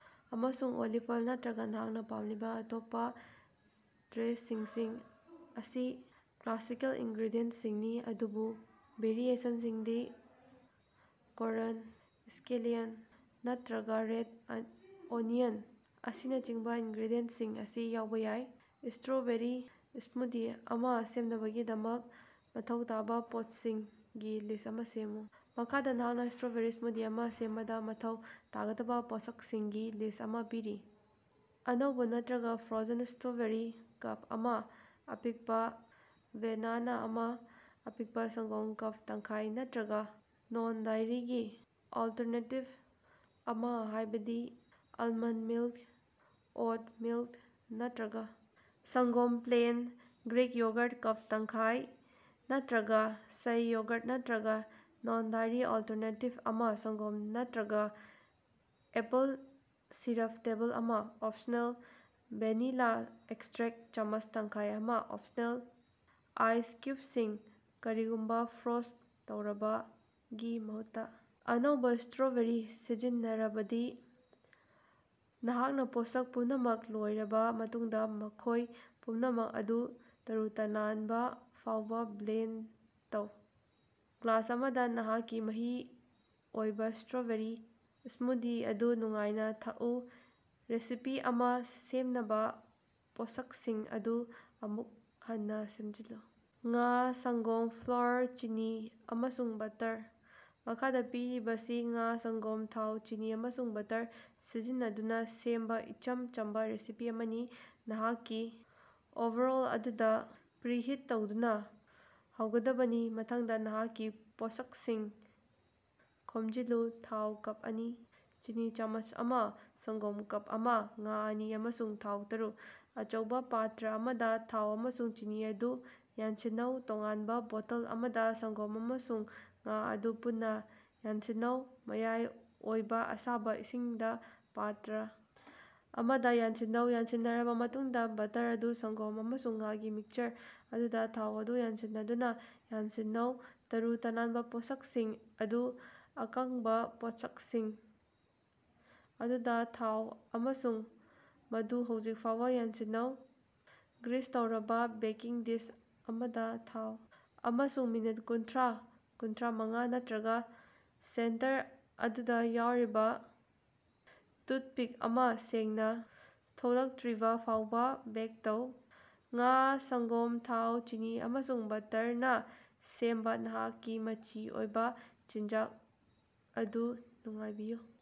ꯑꯃꯁꯨꯡ olive oil ꯅꯠꯇ꯭ꯔꯒꯥ ꯅꯍꯥꯛꯅ ꯄꯥꯝꯂꯤꯕꯥ ꯑꯇꯣꯞꯄꯥ ꯗ꯭ꯔꯦꯁꯤꯡꯁꯤꯡ ꯑꯁꯤ ꯀ꯭ꯂꯥꯁꯤꯀꯦꯜ ꯏꯟꯒ꯭ꯔꯦꯗꯤꯌꯦꯟꯁꯤꯡꯅꯤ, ꯑꯗꯨꯕꯨ ꯚꯦꯔꯤꯑꯦꯁꯟꯁꯤꯡꯗꯤ ꯀꯣꯔꯟ, ꯁ꯭ꯀꯦꯂꯤꯌꯟ, ꯅꯠꯇ꯭ꯔꯒꯥ ꯔꯦꯠ ꯑꯣꯅꯤꯌꯟ ꯑꯁꯤꯅꯆꯤꯡꯕꯥ ꯏꯟꯒ꯭ꯔꯦꯗꯤꯌꯦꯟꯁꯤꯡ ꯑꯁꯤ ꯌꯥꯎꯕ ꯌꯥꯏ꯫ ꯁꯇ꯭ꯔꯣꯕꯦꯔꯤ ꯁ꯭ꯃꯨꯗꯤ ꯑꯃ ꯁꯦꯝꯅꯕꯒꯤꯗꯃꯛ ꯃꯊꯧ ꯇꯥꯕ ꯄꯣꯠꯁꯛꯁꯤꯡꯒꯤ ꯂꯤꯁ ꯑꯃ ꯁꯦꯝꯃꯨ꯫ ꯃꯈꯥꯗ ꯅꯍꯥꯛꯅ ꯁꯇ꯭ꯔꯣꯕꯦꯔꯤ ꯁ꯭ꯃꯨꯗꯤ ꯑꯃ ꯁꯦꯝꯕꯗꯥ ꯃꯊꯧ ꯇꯥꯒꯗꯕꯥ ꯄꯣꯠꯁꯛꯁꯤꯡꯒꯤ ꯂꯤꯁ ꯑꯃ ꯄꯤꯔꯤ: ꯑꯅꯧꯕ ꯅꯠꯇ꯭ꯔꯒꯥ ꯐ꯭ꯔꯣꯖꯟ ꯁꯇ꯭ꯔꯣꯕꯦꯔꯤ ꯀꯞ ꯑꯃ, ꯑꯄꯤꯛꯄꯥ ꯕꯦꯅꯥꯅ ꯑꯃ, ꯑꯄꯤꯛꯄꯥ ꯁꯪꯒꯣꯝ ꯀꯞ ꯇꯪꯈꯥꯏ ꯅꯠꯇ꯭ꯔꯒꯥ ꯅꯟ-ꯗꯦꯔꯤꯒꯤ ꯑꯜꯇꯔꯅꯦꯇꯤꯚ ꯑꯃ ꯍꯥꯏꯕꯗꯤ ꯑꯦꯜꯃꯟ ꯃꯤꯜꯛ, ꯑꯣꯠ ꯃꯤꯜꯛ꯫ ꯅꯠꯇ꯭ꯔꯒꯥ ꯁꯪꯒꯣꯝ ꯄ꯭ꯂꯦꯟ ,ꯒ꯭ꯔꯤꯛ ꯌꯣꯒꯔꯠ ꯀꯞ ꯇꯪꯈꯥꯏ ꯅꯠꯇ꯭ꯔꯒꯥ ꯁꯩ ꯌꯣꯒꯔꯠ ꯅꯠꯇ꯭ꯔꯒꯥ ꯅꯟ-ꯗꯦꯔꯤ ꯑꯜꯇꯔꯅꯦꯇꯤꯚ ꯑꯃ ꯁꯪꯒꯣꯝ ꯅꯠꯇ꯭ꯔꯒꯥ ꯑꯦꯄꯜ ꯁꯤꯔꯞ ꯇꯦꯕꯜ ꯑꯃ (ꯑꯣꯞꯁꯅꯦꯜ) ꯚꯦꯅꯤꯂꯥ ꯑꯦꯛꯁꯇ꯭ꯔꯦꯛ ꯆꯥꯃꯁ ꯇꯪꯈꯥꯏ ꯑꯃ (ꯑꯣꯞꯁꯅꯦꯜ) ꯫ ꯑꯥꯏꯁ ꯀ꯭ꯌꯨꯕꯁꯤꯡ (ꯀꯔꯤꯒꯨꯝꯕꯥ ꯐ꯭ꯔꯣꯖ ꯇꯧꯔꯕꯥꯒꯤ ꯃꯍꯨꯠꯇꯥ ꯑꯅꯧꯕꯥ ꯁꯇ꯭ꯔꯣꯕꯦꯔꯤ ꯁꯤꯖꯤꯟꯅꯔꯕꯗꯤ) ꯅꯍꯥꯛꯅꯥ ꯄꯣꯠꯁꯛ ꯄꯨꯝꯅꯃꯛ ꯂꯣꯏꯔꯕꯥ ꯃꯇꯨꯡꯗꯥ, ꯃꯈꯣꯏ ꯄꯨꯝꯅꯃꯛ ꯑꯗꯨ ꯇꯔꯨ-ꯇꯅꯥꯟꯕ ꯐꯥꯎꯕ ꯕ꯭ꯂꯦꯟꯗ ꯇꯧ, ꯒ꯭ꯂꯥꯁ ꯑꯃꯗꯥ ꯅꯍꯥꯛꯀꯤ ꯃꯆꯤ ꯑꯣꯏꯕ ꯁꯇ꯭ꯔꯣꯕꯦꯔꯤ ꯁ꯭ꯃꯨꯗꯤ ꯑꯗꯨ ꯅꯨꯡꯉꯥꯏꯅꯥ ꯊꯛꯎ꯫ ꯔꯦꯁꯤꯄꯤ ꯑꯃ ꯁꯦꯝꯅꯕꯥ ꯄꯣꯠꯁꯛꯁꯤꯡ ꯑꯗꯨ ꯑꯃꯨꯛ ꯍꯟꯅꯥ ꯁꯦꯝꯖꯤꯜꯂꯨ꯫ ꯉꯥ, ꯁꯪꯒꯣꯝ, ꯐ꯭ꯂꯣꯔ, ꯆꯤꯅꯤ ꯑꯃꯁꯨꯡ ꯕꯠꯇꯔ꯫ ꯃꯈꯥꯗ ꯄꯤꯔꯤꯕꯁꯤ ꯉꯥ, ꯁꯪꯒꯣꯝ, ꯊꯥꯎ, ꯆꯤꯅꯤ, ꯑꯃꯁꯨꯡ ꯕꯠꯇꯔ ꯁꯤꯖꯤꯟꯅꯗꯨꯅꯥ ꯁꯦꯝꯕꯥ ꯏꯆꯝ ꯆꯝꯕꯥ ꯔꯦꯁꯤꯄꯤ ꯑꯃꯅꯤ: ꯅꯍꯥꯛꯀꯤ ꯑꯣꯚꯔꯑꯣꯜ ꯑꯗꯨꯗꯥ ꯄ꯭ꯔꯤꯍꯤꯠ ꯇꯧꯗꯨꯅꯥ ꯍꯧꯒꯗꯕꯅꯤ꯫ ꯃꯊꯪꯗꯥ, ꯅꯍꯥꯛꯀꯤ ꯄꯣꯠꯁꯛꯁꯤꯡ ꯈꯣꯝꯖꯤꯜꯂꯨ: ꯊꯥꯎ ꯀꯞ ꯑꯅꯤ, ꯆꯤꯅꯤ ꯆꯥꯃꯁ ꯑꯅꯤ, ꯁꯪꯒꯣꯝ ꯀꯞ ꯑꯃ, ꯉꯥ ꯑꯅꯤ, ꯑꯃꯁꯨꯡ ꯊꯥꯎ ꯇꯔꯨꯛ꯫ ꯑꯆꯧꯕ ꯄꯥꯇ꯭ꯔꯥ ꯑꯃꯗꯥ ꯊꯥꯎ ꯑꯃꯁꯨꯡ ꯆꯤꯅꯤ ꯑꯗꯨ ꯌꯥꯟꯁꯤꯟꯅꯧ꯫ ꯇꯣꯉꯥꯟꯕꯥ ꯕꯣꯇꯜ ꯑꯃꯗꯥ ꯁꯪꯒꯣꯝ ꯑꯃꯁꯨꯡ ꯉꯥ ꯑꯗꯨ ꯄꯨꯟꯅꯥ ꯌꯥꯟꯁꯤꯟꯅꯧ꯫ ꯃꯌꯥꯏ ꯑꯣꯏꯕ ꯑꯁꯥꯕꯥ ꯏꯁꯤꯡꯗꯥ ꯄꯥꯠꯇ꯭ꯔꯥ ꯑꯃꯗꯥ ꯌꯥꯟꯁꯤꯟꯅꯧ꯫ ꯌꯥꯟꯁꯤꯟꯅꯔꯕꯥ ꯃꯇꯨꯡꯗꯥ, ꯕꯠꯇꯔ ꯑꯗꯨ ꯁꯪꯒꯣꯝ ꯑꯃꯁꯨꯡ ꯉꯥꯒꯤ ꯃꯤꯛꯁꯆꯔ ꯑꯗꯨꯗꯥ ꯊꯥꯎ ꯑꯗꯨ ꯌꯥꯟꯁꯤꯟꯅꯗꯨꯅꯥ ꯌꯥꯟꯁꯤꯟꯅꯧ꯫ ꯇꯔꯨ-ꯇꯅꯥꯟꯕꯥ ꯄꯣꯠꯁꯛꯁꯤꯡ ꯑꯗꯨ ꯑꯀꯪꯕꯥ ꯄꯣꯠꯁꯛꯁꯤꯡ ꯑꯗꯨꯗꯥ ꯊꯥꯎ ꯑꯃꯁꯨꯡ ꯃꯗꯨ ꯍꯧꯖꯤꯛ ꯐꯥꯎꯕ ꯌꯥꯟꯁꯤꯟꯅꯧ꯫ ꯒ꯭ꯔꯤꯁ ꯇꯧꯔꯕꯥ ꯕꯦꯀꯤꯡ ꯗꯤꯁ ꯑꯃꯗꯥ ꯊꯥꯎ ꯑꯃꯁꯨꯡ ꯃꯤꯅꯠ ꯀꯨꯟꯊ꯭ꯔꯥ-ꯀꯨꯟꯊ꯭ꯔꯥꯃꯉꯥ ꯅꯠꯇ꯭ꯔꯒꯥ ꯁꯦꯟꯇꯔ ꯑꯗꯨꯗꯥ ꯌꯥꯎꯔꯤꯕ ꯇꯨꯠꯄꯤꯛ ꯑꯃ ꯁꯦꯡꯅꯥ ꯊꯣꯛꯂꯛꯇ꯭ꯔꯤꯕꯐꯥꯎꯕ ꯕꯦꯛ ꯇꯧ꯫ ꯉꯥ, ꯁꯪꯒꯣꯝ, ꯊꯥꯎ, ꯆꯤꯅꯤ, ꯑꯃꯁꯨꯡ ꯕꯠꯇꯔꯅꯥ ꯁꯦꯝꯕꯥ ꯅꯍꯥꯛꯀꯤ ꯃꯆꯤ ꯑꯣꯏꯕ ꯆꯤꯟꯖꯥꯛ ꯑꯗꯨ ꯅꯨꯡꯉꯥꯏꯕꯤꯌꯨ꯫